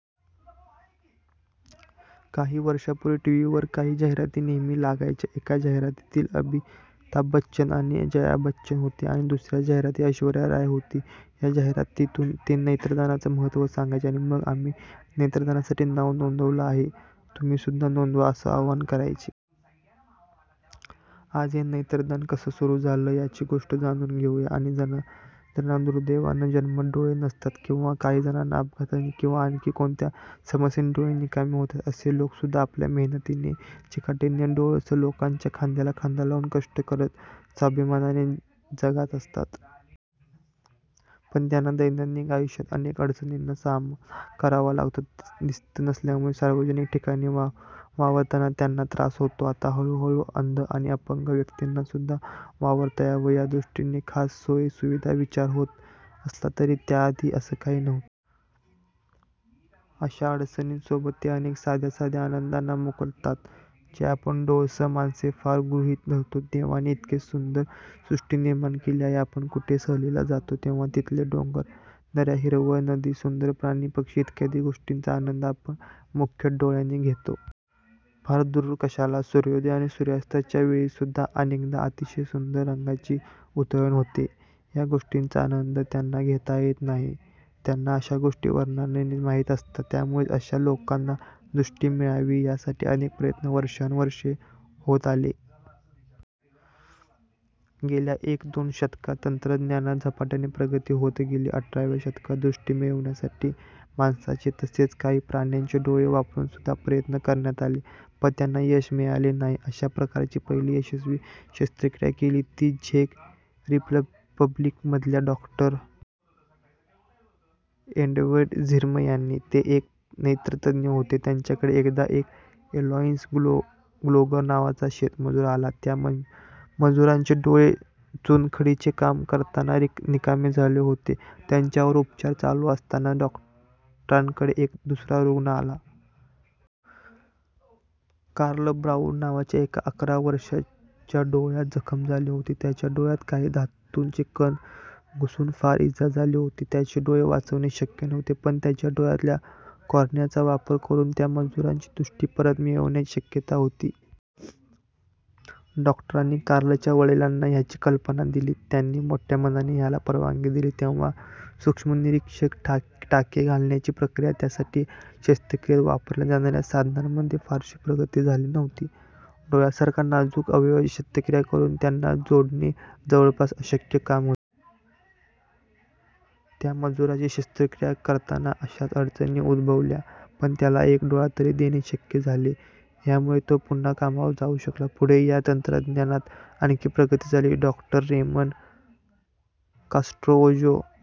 काही वर्षांपूर्वी टीव्हीवर काही जाहिराती नेहमी लागायच्या. एका जाहिरातीत अमिताभ बच्चन आणि जया बच्चन होते आणि दुसऱ्या जाहिरातीत ऐश्वर्या राय होती. ह्या जाहिरातीतून ते नेत्रदानाचं महत्व सांगायचे आणि मग आम्ही नेत्रदानासाठी नाव नोंदवलं आहे, तुम्हीसुद्धा नोंदवा असं आव्हान करायचे. आज हे नेत्रदान कसं सुरु झालं याची गोष्ट जाणून घेऊया. काही जणांना दुर्दैवाने जन्मतः डोळे नसतात, किंवा काही जणांचे अपघाताने किंवा आणखी कोणत्या समस्येने डोळे निकामी होतात. असे लोकसुद्धा आपल्या मेहनतीने, चिकाटीने डोळस लोकांच्या खांद्याला खांदा लावून कष्ट करत स्वाभिमानाने जगात असतात. पण त्यांना दैनंदिन आयुष्यात अनेक अडचणींचा सामना करावा लागतो. दिसत नसल्यामुळे सार्वजनिक ठिकाणी वावरताना त्यांना त्रास होतो. आता हळूहळू अंध आणि अपंग व्यक्तींनासुद्धा वावरता यावं यादृष्टीने खास सोयी सुविधांचा विचार होत असला तरी त्याआधी असं काही नव्हतं. अशा अडचणींसोबतच ते अनेक साध्या साध्या आनंदांना मुकतात जे आपण डोळस माणसे फार गृहीत धरतो. देवाने इतकी सुंदर सृष्टी निर्माण केली आहे. आपण कुठे सहलीला जातो तेव्हा तिथले डोंगर, दऱ्या, हिरवळ, नदी, सुंदर प्राणी पक्षी इत्यादी गोष्टींचा आनंद आपण मुख्यतः डोळ्यांनी घेतो. फार दूर कशाला, सूर्योदय आणि सूर्यास्ताच्या वेळीसुद्धा अनेकदा अतिशय सुंदर रंगांची उधळण होते. ह्या गोष्टींचा आनंद त्यांना घेता येत नाही. त्यांना अशा गोष्टी वर्णनानेच माहित असतात. त्यामुळेच अशा लोकांना दृष्टी मिळावी यासाठी अनेक प्रयत्न वर्षानुवर्षे होत आले. गेल्या एक दोन शतकात तंत्रज्ञानात झपाट्याने प्रगती होत गेली. अठराव्या शतकात दृष्टी मिळवण्यासाठी माणसांचे, तसेच काही प्राण्यांचे डोळे वापरून सुद्धा प्रयत्न करण्यात आले, पण त्यांना यश मिळाले नाही. अशा प्रकारची पहिली यशस्वी शस्त्रक्रिया केली ती झेक रिपब्लिकमधल्या डॉ. एडवर्ड झिर्म यांनी. ते एक नेत्रतज्ञ होते. त्यांच्याकडे एकदा एक ऍलॉईस ग्लोगर नावाचा शेतमजूर आला. त्या मजुरांचे डोळे चुनखडीचे काम करताना निकामी झाले होते. त्याच्यावर उपचार चालू असतानाच डॉक्टरांकडे एक दुसरा रुग्ण आला. कार्ल ब्राऊर नावाच्या एका अकरा वर्षाच्या डोळ्यात जखम झाली होती. त्याच्या डोळ्यात काही धातूचे कण घुसून फार इजा झाली होती. त्याचे डोळे वाचवणे शक्य नव्हते, पण त्याच्या डोळ्यातल्या कॉर्नियाचा वापर करून त्या मजुराची दृष्टी परत मिळवण्याची शक्यता होती. डॉक्टरांनी कार्लच्या वडिलांना ह्याची कल्पना दिली. त्यांनी मोठ्या मनाने ह्याला परवानगी दिली. तेव्हा सूक्ष्मनिरीक्षक, टाके घालण्याची प्रक्रिया, त्यासाठी आणि शस्त्रक्रियेत वापरल्या जाणाऱ्या साधनांमध्ये फारशी प्रगती झाली नव्हती. डोळ्यासारखा नाजूक अवयवाची शस्त्रक्रिया करून त्यांना जोडणे जवळपास अशक्य काम होते. त्या मजुराची शस्त्रक्रिया करताना अशाच अडचणी उद्भवल्या, पण त्याला एक डोळा तरी देणे शक्य झाले. ह्यामुळे तो पुन्हा कामावर जाऊ शकला. पुढे या तंत्रज्ञानात आणखी प्रगती झाली. डॉ. रेमन कास्ट्रावोजो, डॉ.